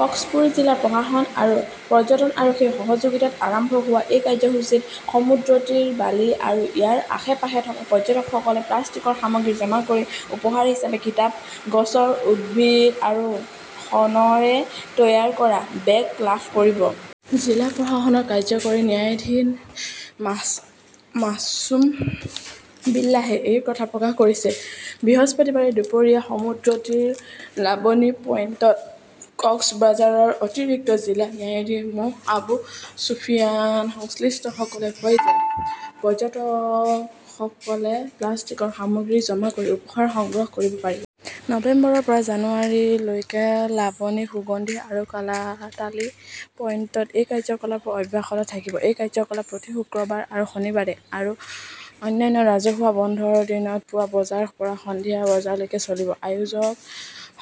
কক্সপুৰ জিলা প্ৰশাসন আৰু পৰ্যটন আৰক্ষীৰ সহযোগিতাত আৰম্ভ হোৱা এই কাৰ্যসূচীত সমুদ্ৰতীৰৰ বালি আৰু ইয়াৰ আশে-পাশে থকা পৰ্যটকসকলে প্লাষ্টিকৰ সামগ্ৰী জমা কৰি উপহাৰ হিচাপে কিতাপ, গছৰ উদ্ভিদ আৰু শণৰে তৈয়াৰ কৰা বেগ লাভ কৰিব। জিলা প্ৰশাসনৰ কাৰ্য্যকৰী ন্যায়াধীশ মাছুম বিল্লাহে এই কথা প্ৰকাশ কৰিছে। বৃহস্পতিবাৰে দুপৰীয়া সমুদ্ৰতীৰৰ লাবনী পইণ্টত কক্সবাজাৰৰ অতিৰিক্ত জিলা ন্যায়াধীশ মো. আবু চুফিয়ান। সংশ্লিষ্টসকলে কয় যে, পৰ্যটকসকলে প্লাষ্টিকৰ সামগ্ৰী জমা কৰি উপহাৰ সংগ্ৰহ কৰিব পাৰিব। নৱেম্বৰৰ পৰা জানুৱাৰী লৈকে লাবনী, সুগন্ধি আৰু কালাতালী পইণ্টত এই কাৰ্যকলাপ অব্যাহত থাকিব। এই কাৰ্যকলাপ প্ৰতি শুক্ৰবাৰ আৰু শনিবাৰে আৰু অন্যান্য ৰাজহুৱা বন্ধৰ দিনত পুৱা বজাৰ পৰা সন্ধিয়া বজালৈকে চলিব। আয়োজক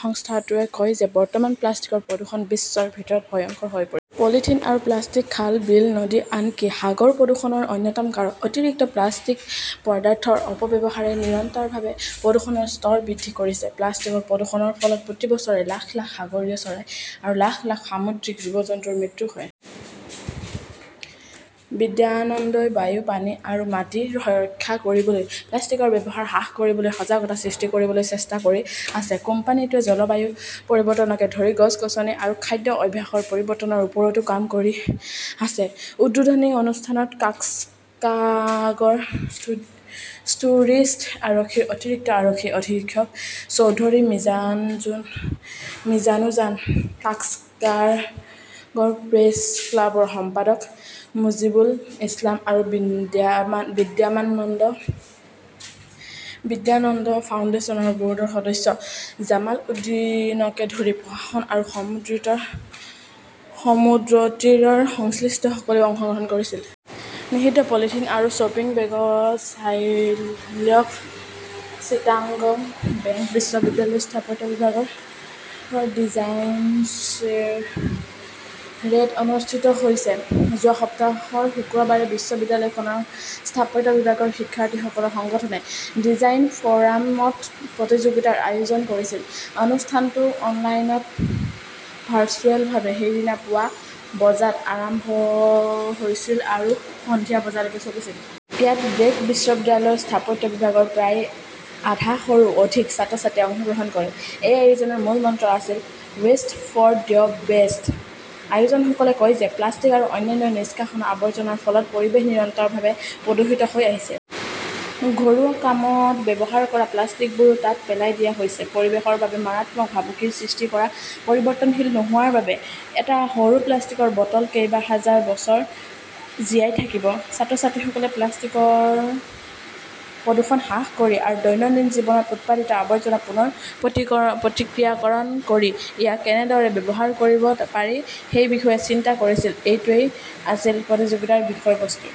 সংস্থাটোৱে কয় যে, বৰ্তমান প্লাষ্টিকৰ প্ৰদূষণ বিশ্বৰ ভিতৰত ভয়ংকৰ হৈ পৰিছে। পলিথিন আৰু প্লাষ্টিক খাল, বিল, নদী, আনকি সাগৰ প্ৰদূষণৰ অন্যতম কাৰক। অতিৰিক্ত প্লাষ্টিক পদাৰ্থৰ অপব্যৱহাৰে নিৰন্তৰভাৱে প্ৰদূষণৰ স্তৰ বৃদ্ধি কৰিছে। প্লাষ্টিকৰ প্ৰদূষণৰ ফলত প্ৰতি বছৰে লাখ লাখ সাগৰীয় চৰাই আৰু লাখ লাখ সামুদ্ৰিক জীৱ-জন্তুৰ মৃত্যু হয়। বিদ্যানন্দই বায়ু, পানী বা মাটি ৰক্ষা কৰিবলৈ প্লাষ্টিকৰ ব্যৱহাৰ হ্ৰাস কৰিবলৈ সজাগতা সৃষ্টি কৰিবলৈ চেষ্টা কৰি আছে। কোম্পানীটোৱে জলবায়ু পৰিৱৰ্তনকে ধৰি গছ-গছনি আৰু খাদ্যৰ অভ্যাসৰ পৰিৱৰ্তনৰ ওপৰতো কাম কৰি আছে। উদ্বোধনী অনুষ্ঠানত কাক্সাগৰ টুৰিষ্ট আৰক্ষীৰ অতিৰিক্ত আৰক্ষী অধীক্ষক চৌধুৰী মিজানুজান, কাক্সাগৰ প্ৰেছ ক্লাবৰ সম্পাদক মুজীবুল ইছলাম আৰু বিদ্যানন্দ ফাউণ্ডেশ্যনৰ ব'ৰ্ডৰ সদস্য জামাল উদ্দীনকে ধৰি প্ৰশাসন আৰু সমুদ্ৰতীৰৰ সংশ্লিষ্টসকলেও অংশগ্ৰহণ কৰিছিল। নিষিদ্ধ পলিথিন আৰু শ্বপিং বেগত ছাইল্যাব চিটাগং ব্ৰেক বিশ্ববিদ্যালয়ৰ স্থাপত্য বিভাগত 'ডিজাইন শ্বেৰেট' অনুষ্ঠিত হৈছে। যোৱা সপ্তাহৰ শুক্ৰবাৰে বিশ্ববিদ্যালয়খনৰ স্থাপত্য বিভাগৰ শিক্ষাৰ্থীসকলৰ সংগঠনে 'ডিজাইন ফ'ৰাম'ত প্ৰতিযোগিতাৰ আয়োজন কৰিছিল। অনুষ্ঠানটো অনলাইনত ভাৰ্চুৱেলভাৱে সেইদিনা পুৱা বজাত আৰম্ভ হৈছিল আৰু সন্ধিয়া বজালৈকে চলিছিল। ইয়াত ব্ৰেক বিশ্ববিদ্যালয়ৰ স্থাপত্য বিভাগৰ প্ৰায় আধা শৰো অধিক ছাত্ৰ-ছাত্ৰীয়ে অংশগ্ৰহণ কৰে। এই আয়োজনৰ মূলমন্ত্ৰ আছিল 'ৱেষ্ট ফৰ দ্য বেষ্ট'। আয়োজকসকলে কয় যে প্লাষ্টিক আৰু অন্যান্য নিষ্কাশন আৱৰ্জনাৰ ফলত পৰিৱেশ নিৰন্তৰভাৱে প্ৰদূষিত হৈ আহিছে। ঘৰুৱা কামত ব্যৱহাৰ কৰা প্লাষ্টিকবোৰো তাত পেলাই দিয়া হৈছে। পৰিৱেশৰ বাবে মাৰাত্মক ভাবুকিৰ সৃষ্টি কৰা পৰিৱৰ্তনশীল নোহোৱাৰ বাবে এটা সৰু প্লাষ্টিকৰ বটল কেইবাহাজাৰ বছৰ জীয়াই থাকিব। ছাত্ৰ-ছাত্ৰীসকলে প্লাষ্টিকৰ প্ৰদূষণ হ্ৰাস কৰি আৰু দৈনন্দিন জীৱনত উৎপাদিত আৱৰ্জনা পুনৰ প্ৰক্ৰিয়াকৰণ কৰি ইয়াক কেনেদৰে ব্যৱহাৰ কৰিব পাৰি সেই বিষয়ে চিন্তা কৰিছিল। এইটোৱেই আছিল প্ৰতিযোগিতাৰ বিষয়বস্তু।